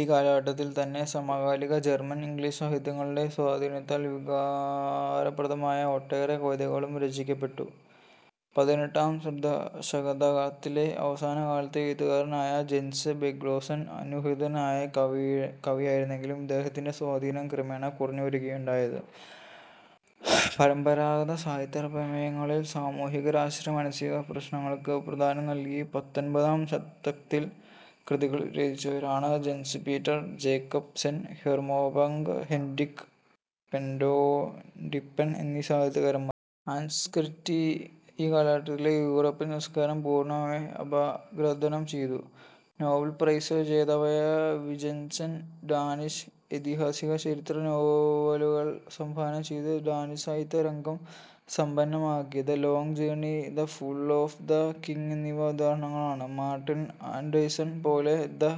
ഈ കാലഘട്ടത്തിൽ തന്നെ സമകാലിക ജർമൻ ഇംഗ്ലീഷ് സാഹിത്യങ്ങളുടെ സ്വാധീനത്താൽ വികാരപ്രധാനമായ ഒട്ടേറെ കവിതകളും രചിക്കപ്പെട്ടു. പതിനെട്ടാം ശതകത്തിലെ അവസാനകാലത്തെ എഴുത്തുകാരനായ ജെൻസ് ബാഗ്ഗേസെൻ അനുഗൃഹീതനായ കവിയായിരുന്നെങ്കിലും ഇദ്ദേഹത്തിന്റെ സ്വാധീനം ക്രമേണ കുറഞ്ഞു വരുകയാണുണ്ടായത്. പരമ്പരാഗത സാഹിത്യ പ്രമേയങ്ങളിൽ സാമൂഹിക-രാഷ്ട്രീയ- മാനസിക പ്രശ്നങ്ങൾക്ക് പ്രാധാന്യം നൽകി പത്തൊൻപതാം ശതകത്തിൽ കൃതികൾ രചിച്ചവരാണ് Jens Peter, Jacobsen, Herman Bang, Henrik Pontoppidan എന്നീ സാഹിത്യകാരന്മാർ. ഹാൻസ്ക്രിസ്റ്റി ഈ കാലഘട്ടത്തിലെ യൂറോപ്യൻ സംസ്കാരം പൂർണമായി അപഗ്രഥനം ചെയ്തു. നോബൽ പ്രൈസ് ജേതാവായ വിജെൻസെൻ, ഡാനിഷ് ഐതിഹാസിക ചരിത്ര നോവലുകൾ സംഭാവന ചെയ്ത് ഡാനിഷ് സാഹിത്യ രംഗം സമ്പന്നമാക്കി. The long journey, the fall of the king എന്നിവ ഉദാഹരണങ്ങളാണ്. മാർട്ടിൻ ആൻഡേഴ്സൺ, പെല്ലെ ദ്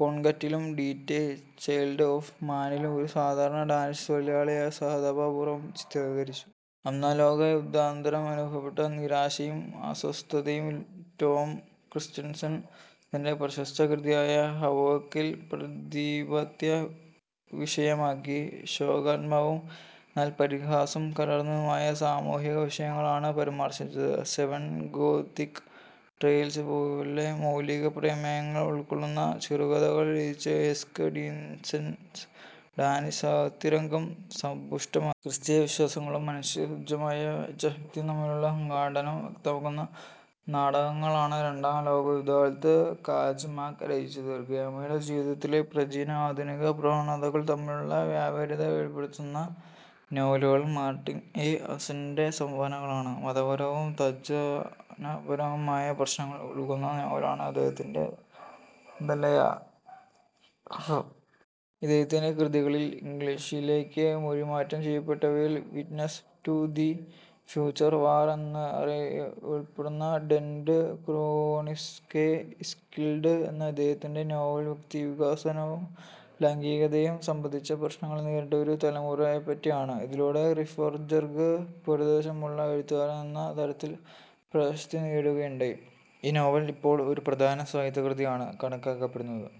കോൺകറ്റിലും ഡിറ്റേ, ചൈൽഡ് ഒഫ് മാനിലും ഒരു സാധാരണ ഡാനിഷ് തൊഴിലാളിയെ സഹതാപപൂർവം ചിത്രീകരിച്ചു. ഒന്നാം ലോകയുദ്ധാനന്തരം അനുഭവപ്പെട്ട നിരാശയും അസ്വസ്ഥതയും റ്റോം ക്രസ്റ്റൺസൺ തന്റെ പ്രശസ്ത കൃതിയായ ഹാവോക് ൽ പ്രതിപാദ്യ വിഷയമാക്കി. ശോകാത്മകവും എന്നാൽ പരിഹാസം കലർന്നതുമായ സാമൂഹിക വിഷയങ്ങളാണ് പരാമർശിച്ചത്. സെവൻ ഗോഥിക് ടെയിൽസ് പോലെ മൗലിക പ്രമേയങ്ങൾ ഉൾക്കൊള്ളുന്ന ചെറുകഥകൾ രചിച്ച് ഐസക് ഡിനേസെൻ ഡാനിഷ് സാഹിത്യരംഗം സമ്പുഷ്ടമാക്കി. ക്രിസ്തീയ വിശ്വാസങ്ങളും മനുഷ്യസഹജമായ ഇച്ഛാശക്തിയും തമ്മിലുള്ള സംഘട്ടനം വ്യക്തമാക്കുന്ന നാടകങ്ങളാണ് രണ്ടാം ലോകയുദ്ധകാലത്ത് കാജ് മങ്ക് രചിച്ചത്. ഗ്രാമീണ ജീവിതത്തിലെ പ്രാചീന-ആധുനിക പ്രവണതകൾ തമ്മിലുള്ള വൈപരീത്യം വെളിപ്പെടുത്തുന്ന നോവലുകൾ മാർട്ടിൻ എ. ഹാൻസെന്റെ സംഭാവനകളാണ്. മതപരവും തത്ത്വജ്ഞാനപരവുമായ പ്രശ്നങ്ങൾ ഉൾക്കൊള്ളുന്ന നോവലാണ് ഇദ്ദേഹത്തിന്റെ ദ ലയർ. ഇദ്ദേഹത്തിന്റെ കൃതികളിൽ ഇംഗ്ലീഷിലേയ്ക്ക് മൊഴിമാറ്റം ചെയ്യപ്പെട്ടവയിൽ witness to the future, war എന്നിവയുൾപ്പെടുന്നു. "ഡെൻ ക്രോണിസ്കേ ഉസ്കിൽഡ്" എന്ന ഇദ്ദേഹത്തിന്റെ നോവൽ വ്യക്തിത്വവികാസവും ലൈംഗികതയും സംബന്ധിച്ച പ്രശ്നങ്ങൾ നേരിട്ട ഒരു തലമുറയെപ്പറ്റിയാണ്. ഇതിലൂടെ റിഫ്ബ്ജെർഗ് 'പേരുദോഷമുള്ള' എഴുത്തുകാരൻ എന്ന തരത്തിൽ പ്രശസ്തി നേടുകയുണ്ടായി. ഈ നോവൽ ഇപ്പോൾ ഒരു പ്രധാന സാഹിത്യകൃതിയായാണ് കണക്കാക്കപ്പെടുന്നത്.